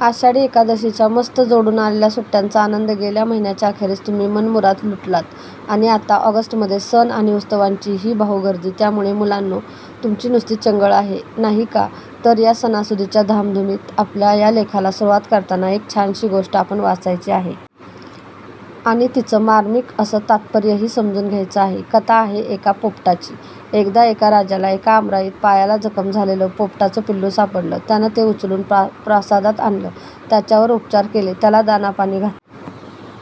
आषाढी एकादशीच्या मस्त जोडून आलेल्या सुट्ट्यांचा आनंद गेल्या महिन्याच्या अखेरीस तुम्ही मनमुराद लुटलात आणि आता ऑगस्टमध्ये सण आणि उत्सवांची हीऽऽ भाऊगर्दी! त्यामुळे मुलांनो, तुमची नुसती चंगळ आहे नाही का? तर या सणासुदीच्या धामधुमीत आपल्या या लेखाला सुरुवात करताना एक छानशी गोष्ट आपण वाचायची आहे. आणि तिचं मार्मिक असं तात्पर्यही समजून घ्यायचं आहे. कथा आहे एका पोपटाची. एकदा एका राजाला, एका आमराईत पायाला जखम झालेलं पोपटाचं पिल्लू सापडलं. त्यानं ते उचलून प्रासादात आणलं. त्याच्यावर उपचार केले. त्याला दाणापाणी घातलं.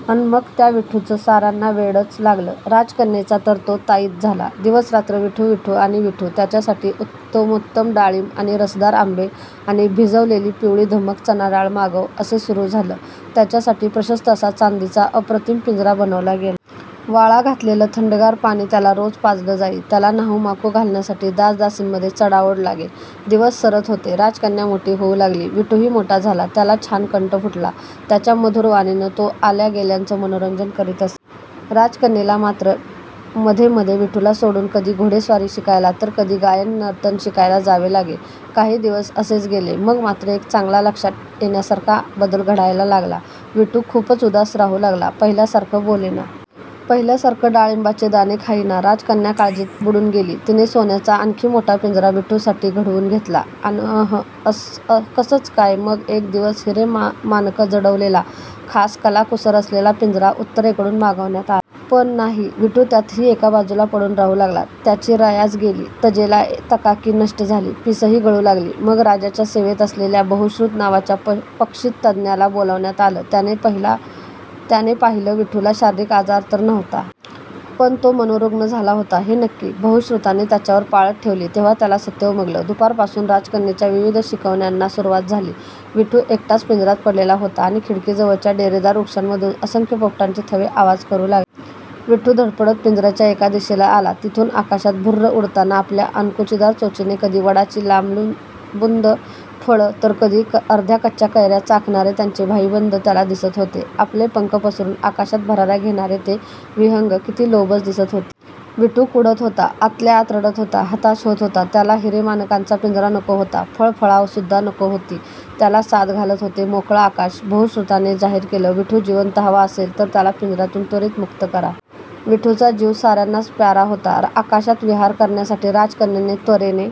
अन् मग त्या विठूचं साऱ्यांना वेडच लागलं. राजकन्येचा तर तो ताईत झाला. दिवसरात्र विठू, विठू आणि विठू. त्याच्यासाठी उत्तमोत्तम डाळिंबं आण, रसदार आंबे आण, भिजविलेली पिवळीधम्मक चणाडाळ मागव; असं सुरू झालं. त्याच्यासाठी प्रशस्त असा चांदीचा अप्रतिम पिंजरा बनवला गेला. वाळा घातलेलं थंडगार पाणी त्याला रोज पाजलं जाई. त्याला न्हाऊमाखू घालण्यासाठी दासदासींमध्ये चढाओढ लागे. दिवस सरत होते. राजकन्या मोठी होऊ लागली. विठूही मोठा झाला. त्याला छान कंठ फुटला. त्याच्या मधुर वाणीने तो आल्यागेल्याचं मनोरंजन करीत असे. राजकन्येला मात्र मध्येमध्ये विठूला सोडून कधी घोडेस्वारी शिकायला तर कधी गायन-नर्तन शिकायला जावे लागे. काही दिवस असेच गेले. मग मात्र एक चांगला लक्षात येण्यासारखा बदल घडायला लागला. विठू खूपच उदास राहू लागला. पहिल्यासारखं बोलेना. पहिल्यासारखं डाळिंबाचे दाणे खाईना. राजकन्या काळजीत बुडून गेली. तिने सोन्याचा आणखी मोठा पिंजरा विठूसाठी घडवून घेतला. पण अं हं! कसचं काय! मग एक दिवस हिरे-माणकं जडवलेला, खास कलाकुसर असलेला पिंजरा उत्तरेकडून मागवण्यात आला. पण नाही, विठू त्यातही एका बाजूला पडून राहू लागला. त्याची रयाच गेली. तजेला, तकाकी नष्ट झाली. पिसंही गळू लागली. मग राजाच्या सेवेत असलेल्या बहुश्रुत नावाच्या पक्षितज्ज्ञाला बोलावण्यात आलं. त्याने पाहिलं. विठूला शारीरिक आजार तर नव्हता. पण तो मनोरुग्ण झाला होता, हे नक्की. बहुश्रुताने त्याच्यावर पाळत ठेवली. तेव्हा त्याला सत्य उमगलं. दुपारपासून राजकन्येच्या विविध शिकवण्यांना सुरुवात झाली. विठू एकटाच पिंजऱ्यात पडलेला होता आणि खिडकीजवळच्या डेरेदार वृक्षांमधून असंख्य पोपटांचे थवे आवाज करू लागले. विठू धडपडत पिंजऱ्याच्या त्या दिशेला आला, जिथून आकाशात भुर्र उडताना आपल्या अणकुचीदार चोचीने कधी वडाची लालबुंद फळं, तर कधी अर्ध्याकच्च्या कैऱ्या चाखणारे त्याचे भाईबंद त्याला दिसत होते. आपले पंख पसरून आकाशात भराऱ्या घेणारे ते विहंग किती लोभस दिसत होते! विठू कुढत होता. आतल्या आत रडत होता. हताश होत होता. त्याला हिरे-माणकांचा पिंजरा नको होता. फळफळावळसुद्धा नको होती. त्याला साद घालत होतं मोकळं आकाश. बहुश्रुताने जाहीर केलं, विठू जिवंत हवा असेल, तर त्याला पिंजऱ्यातून त्वरित मुक्त करा. विठूचा जीव साऱ्यांनाच प्यारा होता. आकाशात विहार करण्यासाठी राजकन्येने त्वरेने